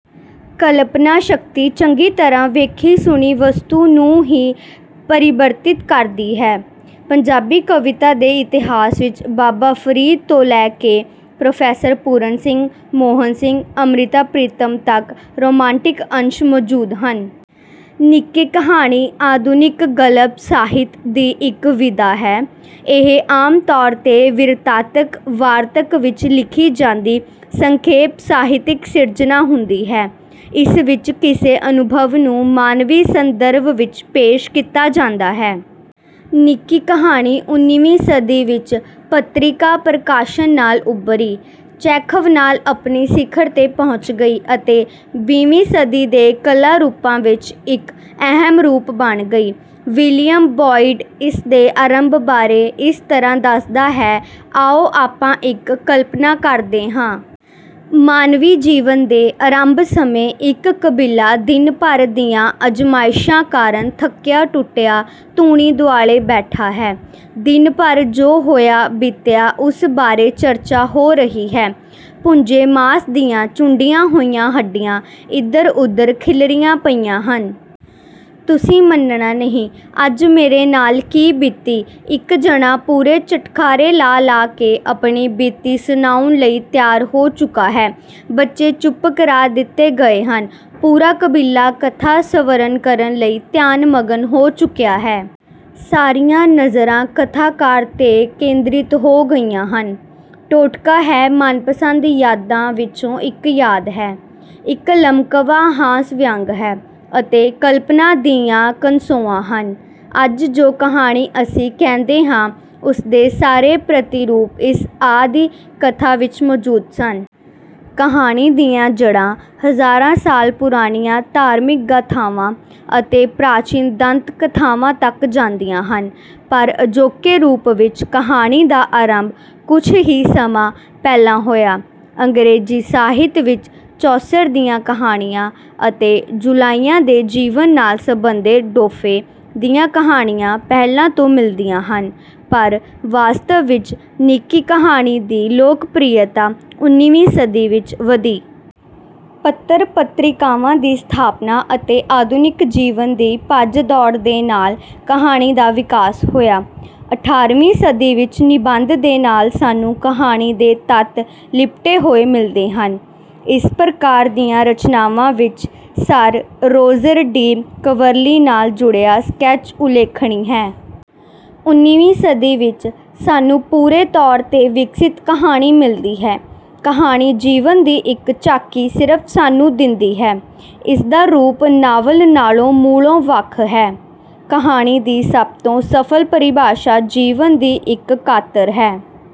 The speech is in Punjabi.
ਕਲਪਨਾ ਸ਼ਕਤੀ ਚੰਗੀ ਤਰ੍ਹਾਂ ਵੇਖੀ-ਸੁਣੀ ਵਸਤੂ ਨੂੰ ਹੀ ਪਰਿਵਰਤਿਤ ਕਰਦੀ ਹੈ। ਪੰਜਾਬੀ ਕਵਿਤਾ ਦੇ ਇਤਿਹਾਸ ਵਿੱਚ ਬਾਬਾ ਫਰੀਦ ਤੋਂ ਲੈ ਕੇ ਪ੍ਰੋ. ਪੂਰਨ ਸਿੰਘ, ਮੋਹਨ ਸਿੰਘ, ਅੰਮ੍ਰਿਤਾ ਪ੍ਰੀਤਮ ਤੱਕ ਰੋਮਾਂਟਿਕ ਅੰਸ਼ ਮੌਜੂਦ ਹਨ। ਨਿੱਕੀ ਕਹਾਣੀ ਆਧੁਨਿਕ ਗਲਪ ਸਾਹਿਤ ਦੀ ਇੱਕ ਵਿਧਾ ਹੈ। ਇਹ ਆਮ ਤੌਰ 'ਤੇ ਬਿਰਤਾਂਤਕ ਵਾਰਤਕ ਵਿੱਚ ਲਿਖੀ ਜਾਂਦੀ ਸੰਖੇਪ ਸਾਹਿਤਕ ਸਿਰਜਣਾ ਹੁੰਦੀ ਹੈ। ਇਸ ਵਿੱਚ ਕਿਸੇ ਅਨੁਭਵ ਨੂੰ ਮਾਨਵੀ ਸੰਦਰਭ ਵਿੱਚ ਪੇਸ਼ ਕੀਤਾ ਜਾਂਦਾ ਹੈ। ਨਿੱਕੀ ਕਹਾਣੀ ਉਨੀਵੀਂ ਸਦੀ ਵਿੱਚ ਪੱਤਰਿਕਾ ਪ੍ਰਕਾਸ਼ਨ ਨਾਲ ਉਭਰੀ, ਚੈਖਵ ਨਾਲ ਆਪਣੀ ਸਿਖਰ 'ਤੇ ਪਹੁੰਚ ਗਈ ਅਤੇ ਵੀਹਵੀਂ ਸਦੀ ਦੇ ਕਲਾ ਰੂਪਾਂ ਵਿੱਚ ਇੱਕ ਅਹਿਮ ਰੂਪ ਬਣ ਗਈ। ਵਿਲੀਅਮ ਬੋਇਡ ਇਸ ਦੇ ਆਰੰਭ ਬਾਰੇ ਇਸ ਤਰ੍ਹਾਂ ਦੱਸਦਾ ਹੈ: ਆਓ ਆਪਾਂ ਇੱਕ ਕਲਪਨਾ ਕਰਦੇ ਹਾਂ। ਮਾਨਵੀ ਜੀਵਨ ਦੇ ਆਰੰਭ ਸਮੇਂ ਇੱਕ ਕਬੀਲਾ ਦਿਨ ਭਰ ਦੀਆਂ ਅਜ਼ਮਾਇਸ਼ਾਂ ਕਾਰਨ ਥੱਕਿਆ-ਟੁੱਟਿਆ ਧੂਣੀ ਦੁਆਲੇ ਬੈਠਾ ਹੈ। ਦਿਨ ਭਰ ਜੋ ਹੋਇਆ-ਬੀਤਿਆ ਉਸ ਬਾਰੇ ਚਰਚਾ ਹੋ ਰਹੀ ਹੈ। ਭੁੱਜੇ ਮਾਸ ਦੀਆਂ ਚੂੰਡੀਆਂ ਹੋਈਆਂ ਹੱਡੀਆਂ ਇਧਰ-ਉਧਰ ਖਿੱਲਰੀਆਂ ਪਈਆਂ ਹਨ। ਤੁਸੀਂ ਮੰਨਣਾ ਨਹੀਂ ਅੱਜ ਮੇਰੇ ਨਾਲ ਕੀ ਬੀਤੀ ਇੱਕ ਜਣਾ ਪੂਰੇ ਚਟਖਾਰੇ ਲਾ-ਲਾ ਕੇ ਆਪਣੀ ਬੀਤੀ ਸੁਣਾਉਣ ਲਈ ਤਿਆਰ ਹੋ ਚੁੱਕਾ ਹੈ। ਬੱਚੇ ਚੁੱਪ ਕਰਾ ਦਿੱਤੇ ਗਏ ਹਨ। ਪੂਰਾ ਕਬੀਲਾ ਕਥਾ ਸਰਵਣ ਕਰਨ ਲਈ ਧਿਆਨ-ਮਗਨ ਹੋ ਚੁੱਕਿਆ ਹੈ। ਸਾਰੀਆਂ ਨਜ਼ਰਾਂ ਕਥਾਕਾਰ 'ਤੇ ਕੇਂਦ੍ਰਿਤ ਹੋ ਗਈਆਂ ਹਨ। ਟੋਟਕਾ ਹੈ, ਮਨਪਸੰਦ ਯਾਦਾਂ ਵਿੱਚੋਂ ਇੱਕ ਯਾਦ ਹੈ, ਇੱਕ ਲਮਕਵਾਂ ਹਾਸ-ਵਿਅੰਗ ਹੈ ਅਤੇ ਕਲਪਨਾ ਦੀਆਂ ਕਨਸੋਆਂ ਹਨ। ਅੱਜ ਜੋ ਕਹਾਣੀ ਅਸੀਂ ਕਹਿੰਦੇ ਹਾਂ ਉਸ ਦੇ ਸਾਰੇ ਪ੍ਰਤਿਰੂਪ ਇਸ ਆਦਿ ਕਥਾ ਵਿੱਚ ਮੌਜੂਦ ਸਨ। ਕਹਾਣੀ ਦੀਆਂ ਜੜ੍ਹਾਂ ਹਜ਼ਾਰਾਂ ਸਾਲ ਪੁਰਾਣੀਆਂ ਧਾਰਮਿਕ ਗਾਥਾਵਾਂ ਅਤੇ ਪ੍ਰਾਚੀਨ ਦੰਤ-ਕਥਾਵਾਂ ਤੱਕ ਜਾਂਦੀਆਂ ਹਨ, ਪਰ ਅਜੋਕੇ ਰੂਪ ਵਿੱਚ ਕਹਾਣੀ ਦਾ ਆਰੰਭ ਕੁਝ ਹੀ ਸਮਾਂ ਪਹਿਲਾਂ ਹੋਇਆ। ਅੰਗਰੇਜ਼ੀ ਸਾਹਿਤ ਵਿੱਚ ਚੌਸਰ ਦੀਆਂ ਕਹਾਣੀਆਂ ਅਤੇ ਜੁਲਾਹਿਆਂ ਦੇ ਜੀਵਨ ਨਾਲ ਸਬੰਧਤ ਡੇਫੋ ਦੀਆਂ ਕਹਾਣੀਆਂ ਪਹਿਲਾਂ ਤੋਂ ਮਿਲਦੀਆਂ ਹਨ, ਪਰ ਵਾਸਤਵ ਵਿੱਚ ਨਿੱਕੀ ਕਹਾਣੀ ਦੀ ਲੋਕਪ੍ਰਿਅਤਾ ਉਨੀਵੀਂ ਸਦੀ ਵਿੱਚ ਵਧੀ। ਪੱਤਰ-ਪੱਤ੍ਰਿਕਾਵਾਂ ਦੀ ਸਥਾਪਨਾ ਅਤੇ ਆਧੁਨਿਕ ਜੀਵਨ ਦੀ ਭੱਜ-ਦੌੜ ਦੇ ਨਾਲ ਕਹਾਣੀ ਦਾ ਵਿਕਾਸ ਹੋਇਆ। ਅਠਾਰ੍ਹਵੀਂ ਸਦੀ ਵਿੱਚ ਨਿਬੰਧ ਦੇ ਨਾਲ ਸਾਨੂੰ ਕਹਾਣੀ ਦੇ ਤੱਤ ਲਿਪਟੇ ਹੋਏ ਮਿਲਦੇ ਹਨ। ਇਸ ਪ੍ਰਕਾਰ ਦੀਆਂ ਰਚਨਾਵਾਂ ਵਿੱਚ ਸਰ ਰੋਜਰ ਡੀ ਕਵਰਲੀ ਨਾਲ ਜੁੜਿਆ ਸਕੈਚ ਉਲੇਖਣੀ ਹੈ। ਉਨੀਵੀਂ ਸਦੀ ਵਿੱਚ ਸਾਨੂੰ ਪੂਰੇ ਤੌਰ 'ਤੇ ਵਿਕਸਿਤ ਕਹਾਣੀ ਮਿਲਦੀ ਹੈ। ਕਹਾਣੀ ਜੀਵਨ ਦੀ ਇੱਕ ਝਾਕੀ ਸਿਰਫ ਸਾਨੂੰ ਦਿੰਦੀ ਹੈ। ਇਸਦਾ ਰੂਪ ਨਾਵਲ ਨਾਲੋਂ ਮੂਲੋਂ ਵੱਖ ਹੈ। ਕਹਾਣੀ ਦੀ ਸਭ ਤੋਂ ਸਫਲ ਪਰਿਭਾਸ਼ਾ ਜੀਵਨ ਦੀ ਇੱਕ ਕਾਤਰ ਹੈ।